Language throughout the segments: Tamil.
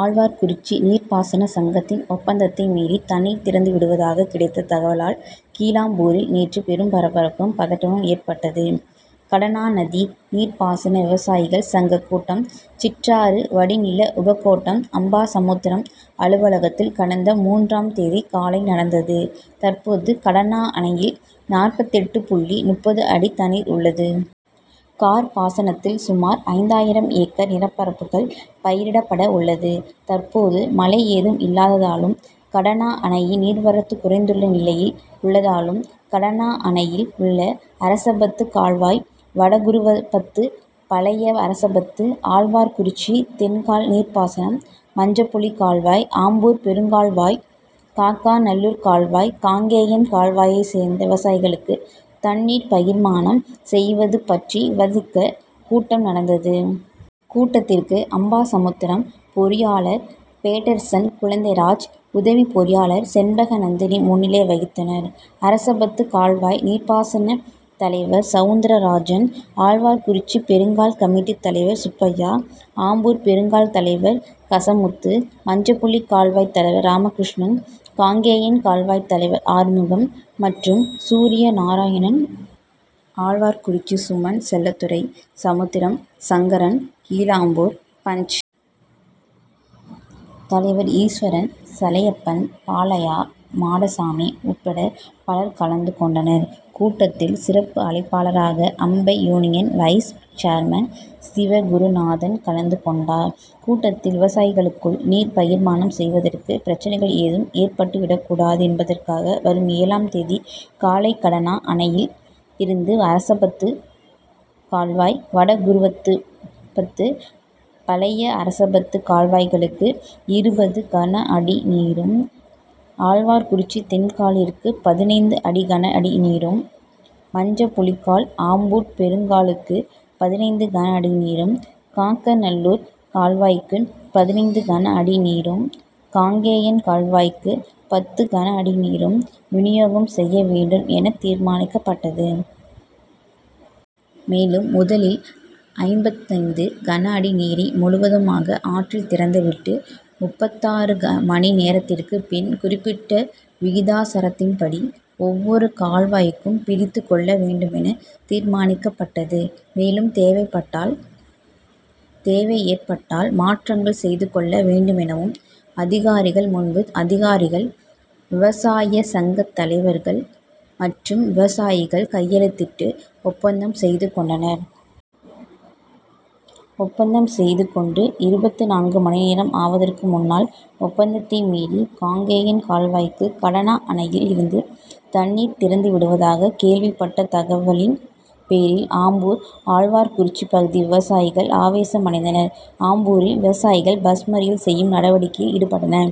ஆழ்வார்குறிச்சி நீர்பாசன சங்கத்தின் ஒப்பந்தத்தை மீறி தண்ணீர் திறந்து விடுவதாக கிடைத்த தகவலால் கீழாம்பூரில் நேற்று பெரும் பரபரப்பும், பதட்டமும் ஏற்பட்டது. கடனாநதி நீர்பாசன விவசாயிகள் சங்க கூட்டம் சிற்றாறு வடிநில உபகோட்டம் அம்பாசமுத்திரம் அலுவலகத்தில் கடந்த மூன்றாம் தேதி காலை நடந்தது. தற்போது கடனா அணையில் நாற்பத்தெட்டு புள்ளி முப்பது அடி தண்ணீர் உள்ளது. கார் பாசனத்தில் சுமார் ஐந்தாயிரம் ஏக்கர் நிலப்பரப்புகள் பயிரிடப்பட உள்ளது. தற்போது மழை ஏதும் இல்லாததாலும், கடனா அணையின் நீர்வரத்து குறைந்துள்ள நிலையில் உள்ளதாலும் கடனா அணையில் உள்ள அரசபத்து கால்வாய், வடகுருவபத்து, பழைய அரசபத்து, ஆழ்வார்குறிச்சி தென்கால் நீர்பாசனம், மஞ்சப்புளி கால்வாய், ஆம்பூர் பெருங்கால்வாய், காக்கநல்லூர் கால்வாய், காங்கேயன் கால்வாயை சேர்ந்த விவசாயிகளுக்கு தண்ணீர் பகிர்மானம் செய்வது பற்றி விவாதிக்க கூட்டம் நடந்தது. கூட்டத்திற்கு அம்பாசமுத்திரம் பொறியாளர் பேட்டர்சன் குழந்தைராஜ், உதவி பொறியாளர் செண்பகநந்தினி முன்னிலை வகித்தனர். அரசபத்து கால்வாய் நீர்பாசன தலைவர் சவுந்தரராஜன், ஆழ்வார்குறிச்சி பெருங்கால் கமிட்டி தலைவர் சுப்பையா, ஆம்பூர் பெருங்கால் தலைவர் கசமுத்து, மஞ்சபுளி கால்வாய் தலைவர் ராமகிருஷ்ணன், காங்கேயன் கால்வாய் தலைவர் ஆறுமுகம் மற்றும் சூரியநாராயணன், ஆழ்வார்குறிச்சி சுமன் செல்லத்துரை, சமுத்திரம், சங்கரன், கீழாம்பூர் பஞ்., தலைவர் ஈஸ்வரன், சைலப்பன், பாலையா, மாடசாமி உட்பட பலர் கலந்து கொண்டனர். கூட்டத்தில் சிறப்பு அழைப்பாளராக Ambai union vice chairman Sivagurunathan கலந்து கொண்டார். கூட்டத்தில், விவசாயிகளுக்குள் நீர் பகிர்மானம் செய்வதற்கு பிரச்னைகள் ஏதும் ஏற்பட்டுவிடக்கூடாது என்பதற்காக வரும் ஏழாம் தேதி காலை கடனா அணையில் இருந்து அரசபத்து கால்வாய், வடகுருவபத்து, பழைய அரசபத்து கால்வாய்களுக்கு இருபது கனஅடி நீரும், ஆழ்வார்குறிச்சி தென்காலிற்கு பதினைந்து அடி கனஅடி நீரும், மஞ்சபுளிகால், ஆம்பூர் பெருங்காலுக்கு பதினைந்து கனஅடி நீரும், காக்கநல்லூர் கால்வாய்க்கு பதினைந்து கனஅடி நீரும், காங்கேயன் கால்வாய்க்கு பத்து கனஅடி நீரும் வினியோகம் செய்ய வேண்டும் என தீர்மானிக்கப்பட்டது. மேலும் முதலில் ஐம்பத்தைந்து கனஅடி நீரை முழுவதுமாக ஆற்றில் திறந்துவிட்டு முப்பத்தாறு மணி நேரத்திற்கு பின் குறிப்பிட்ட விகிதாசாரத்தின்படி ஒவ்வொரு கால்வாய்க்கும் பிரித்துக் கொள்ள வேண்டுமென தீர்மானிக்கப்பட்டது. மேலும் தேவைபட்டால் தேவை ஏற்பட்டால் மாற்றங்கள் செய்து கொள்ள வேண்டுமெனவும் அதிகாரிகள் முன்பு அதிகாரிகள், விவசாய சங்க தலைவர்கள் மற்றும் விவசாயிகள் கையெழுத்திட்டு ஒப்பந்தம் செய்து கொண்டனர். ஒப்பந்தம் செய்து கொண்டு இருபத்துநான்கு மணிநேரம் ஆவதற்கு முன்னால் ஒப்பந்தத்தை மீறி காங்கேயன் கால்வாய்க்கு கடனா அணையில் இருந்து தண்ணீர் திறந்து விடுவதாக கேள்விப்பட்ட தகவலின் பேரில் ஆம்பூர், ஆழ்வார்குறிச்சி பகுதி விவசாயிகள் ஆவேசமடைந்தனர். ஆம்பூரில் விவசாயிகள் பஸ் மறியல் செய்யும் நடவடிக்கையில் ஈடுபட்டனர்.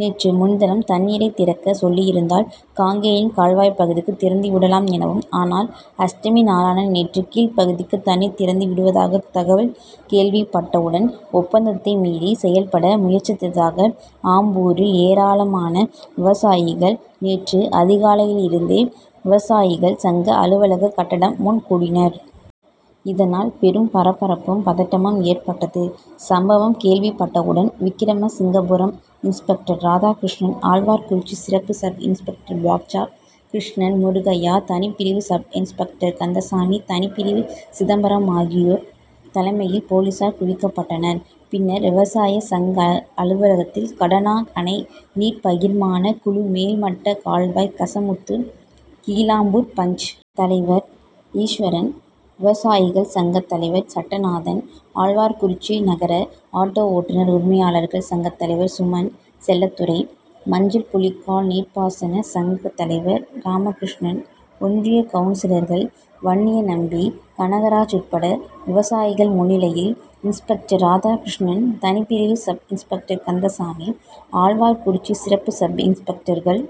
நேற்று முன்தினம் தண்ணீரை திறக்க சொல்லியிருந்தால் காங்கேயன் கால்வாய் பகுதிக்கு திறந்துவிடலாம் எனவும், ஆனால் அஷ்டமி நாளான நேற்று கீழ்ப்பகுதிக்கு தண்ணீர் திறந்து விடுவதாக தகவல் கேள்விப்பட்டவுடன் ஒப்பந்தத்தை மீறி செயல்பட முயற்சித்ததாக ஆம்பூரில் ஏராளமான விவசாயிகள் நேற்று அதிகாலையில்யிருந்தே விவசாயிகள் சங்க அலுவலக கட்டடம் முன் கூடினர். இதனால் பெரும் பரபரப்பும், பதட்டமும் ஏற்பட்டது. சம்பவம் கேள்விப்பட்டவுடன் விக்கிரமசிங்கபுரம் இன்ஸ்பெக்டர் ராதாகிருஷ்ணன், ஆழ்வார்குறிச்சி சிறப்பு சப்-இன்ஸ்பெக்டர் பாட்ஷா, கிருஷ்ணன், முருகையா, தனிப்பிரிவு சப்-இன்ஸ்பெக்டர் கந்தசாமி, தனிப்பிரிவு சிதம்பரம் ஆகியோர் தலைமையில் போலீசார் குவிக்கப்பட்டனர். பின்னர் விவசாய சங்க அலுவலகத்தில் கடனா அணை நீர்பகிர்மான குழு மேல்மட்ட கால்வாய் கசமுத்து, கீழாம்பூர் பஞ்., தலைவர் ஈஸ்வரன், விவசாயிகள் சங்க தலைவர் சட்டநாதன், ஆழ்வார்குறிச்சி நகர ஆட்டோ ஓட்டுனர் உரிமையாளர்கள் சங்க தலைவர் சுமன் செல்லத்துரை, மஞ்சள்புளிகால் நீர்பாசன சங்க தலைவர் ராமகிருஷ்ணன், ஒன்றிய கவுன்சிலர்கள் வன்னியநம்பி, கனகராஜ் உட்பட விவசாயிகள் முன்னிலையில் இன்ஸ்பெக்டர் ராதாகிருஷ்ணன், தனிப்பிரிவு சப்-இன்ஸ்பெக்டர் கந்தசாமி, ஆழ்வார்குறிச்சி சிறப்பு சப்-இன்ஸ்பெக்டர்கள்